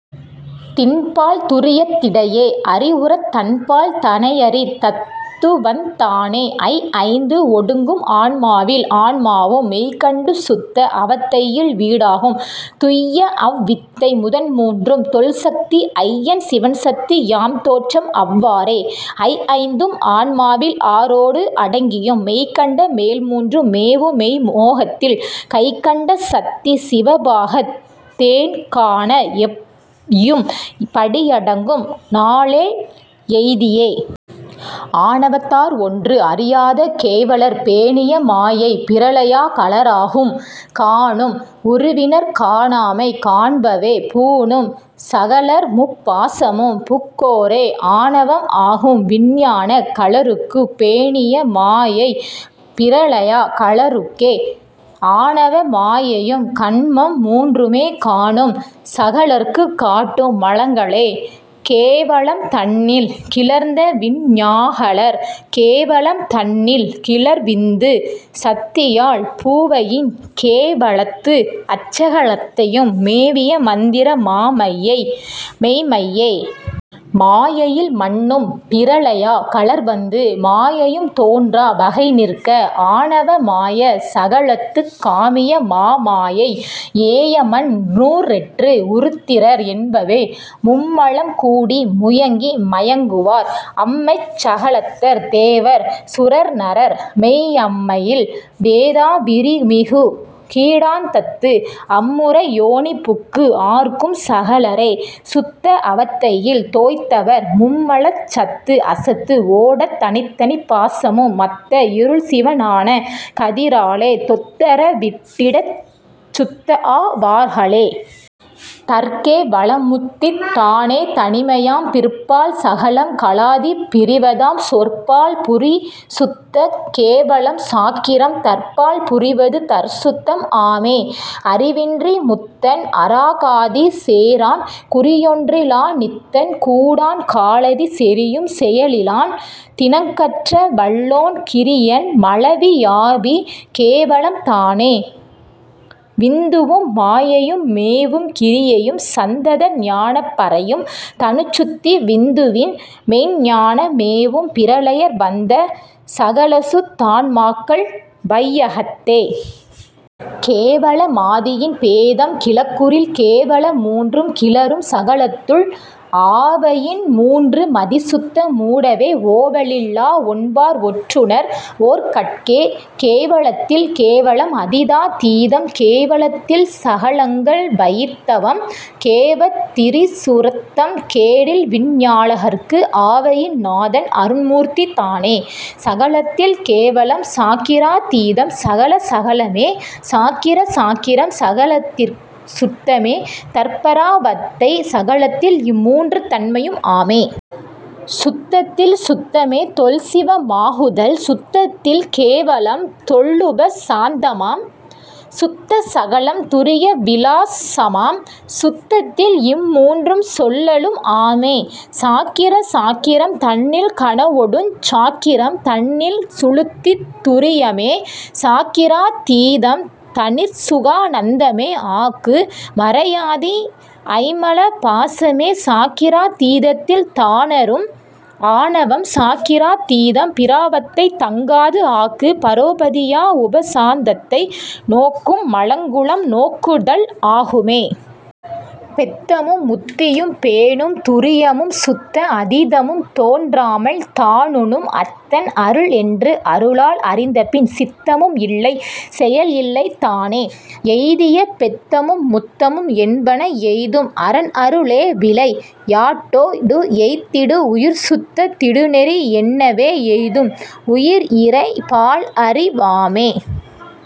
தின்பால் துரியத் திடையே அறிவுறத் தன்பால் தனையறி தத்துவந் தானே. ஐ ஐந்து ஒடுங்கும் ஆன்மாவில் ஆன்மாவும் மெய்கண்டு சுத்த அவத்தையில் வீடாகும் துய்யஅவ் வித்தை முதன்மூன்றும் தொல்சத்தி ஐயன் சிவன்சத்தி யாம்தோற்றம் அவ்வாறே. ஐஐந்தும் ஆன்மாவில் ஆறோடு அடங்கியும் மெய்கண்ட மேல்மூன்றும் மேவுமெய் யோகத்தில் கைகண்ட சத்தி சிவபாகத் தேகாண எய்யும் படியடங்கும் நாலேழ் எய்தியே. ஆணவத் தார்ஒன்று அறியாத கேவலர் பேணிய மாயைப் பிரளயா கலராகும் காணும் உருவினர் காணாமை காண்பவே பூணும் சகலர்முப் பாசமும் புக்கோரே. ஆணவம் ஆகும் விஞ்ஞான கலருக்குப் பேணிய மாயை பிரளயா கலருக்கே ஆணவ மாயையும் கன்மம் மூன்றுமே காணும் சகலர்க்குக் காட்டும் மலங்களே கேவலம் தன்னில் கிளர்ந்தவிஞ் ஞாகலர் கேவலம் தன்னில் கிளர்விந்து சத்தியால் பூவயின் கேவலத்து அச்சக லத்தையும் மேவிய மந்திர மாமாயை மெய்ம்மையே. மாயையில் மன்னும் பிரளயா கலர்வந்து மாயையும் தோன்றா வகைநிற்க ஆணவ மாய சகலத்துக் காமிய மாமாயை ஏயமன் நூற்றெட்டு உருத்திரர் என்பவே. மும்மலம் கூடி முயங்கி மயங்குவோர் அம்மெய்ச் சகலத்தர் தேவர் சுரர்நரர் மெய்ம்மையில் வேதா விரிமிகு கீடாந்தத்து அம்முறை யோனிபுக்கு ஆர்க்கும் சகலரே. சுத்த அவத்தையில் தோய்ந்தவர் மும்மலச் சத்துஅசத்து ஓடத் தனித்தனி பாசமும் மத்த இருள்சிவ னான கதிராலே தொத்தற விட்டிடச் சுத்தஆ வார்களே. தற்கே வலம்முத்தி தானே தனிமையாம் பிற்பால் சகலம் கலாதிப் பிறிவதாம் சொற்பால் புரிசுத்த கேவலம் சாக்கிரம் தற்பால் புரிவது தற்சுத்தம் ஆமே. அறிவின்றி முத்தன் அராகாதி சேரான் குறியொன்றி லாநித்தன் கூடான் காலதி செறியும் செயலிலான் தினங்கற்ற வல்லோன் கிறியன் மலவியாபி கேவலம் தானே. விந்துவும் மாயையும் மேவும் கிரியையும் சந்தத ஞான பரையும் தனுச்சுத்தி விந்துவின் மெய்ஞ்ஞான மேவும் பிரளயர் வந்த சகலசுத் தான்மாக்கள் வையத்தே. கேவல மாதியின் பேதம் கிளக்குறில் கேவல மூன்றும் கிளரும் சகலத்துள் ஆவயின் மூன்று மதிசுத்த மூடவே ஓவலில் லாஒன்பான் ஒற்றுணர் வோர்கட்கே. கேவலத்தில் கேவலம் அதீதா தீதம் கேவலத் தில்சகலங்கள் வயிந்தவம் கேவத் திறசுத்தம் கேடில்விஞ் ஞாகலர்க்கு ஆவயின் நாதன் அருண்மூர்த்தி தானே. சகலத்தில் கேவலம் சாக்கிரா தீதம் சகல சகலமே சாக்கிர சாக்கிரம் சகலத்திற் சுத்தமே தற்பரா வத்தை சகலத்தில் இம்மூன்று தன்மையும் ஆமே. சுத்தத்தில் சுத்தமே தொல்சிவ மாகுதல் சுத்தத்தில் கேவலம் தொல்லுப சாந்தமாம் சுத்த சகலம் துரிய விலாசமாம் சுத்தத்தில் இம்மூன்றும் சொல்லலும் ஆமே. சாக்கிர சாக்கிரம் தன்னில் கனவொடுஞ் சாக்கிரம் தன்னில் சுழுத்தி துரியமே சாக்கிரா தீதம் தனிற்சுகா னந்தமே ஆக்கு மறையாதி ஐம்மல பாசமே. சாக்கிரா தீதத்தில் தானறும் ஆணவம் சாக்கிரா தீதம் பிராவத்தை தங்காது ஆக்கு பரோபதி யாஉப சாந்தத்தை நோக்கும் மலங்குணம் நோக்குதல் ஆகுமே. பெத்தமும் முத்தியும் பேணும் துரியமும் சுத்த அதீதமும் தோன்றாமல் தானுணும் அத்தன் அருள்என்று அருளால் அறிந்தபின் சித்தமும் இல்லை செயல்இல்லை தானே. எய்திய பெத்தமும் முத்தமும் என்பன எய்தும் அரன்அரு ளேவிளை யாட்டோ டு எய்திடு உயிர்சுத்தத் திடுநெறி என்னவே எய்தும் உயிர்இறை பால்அறி வாமே.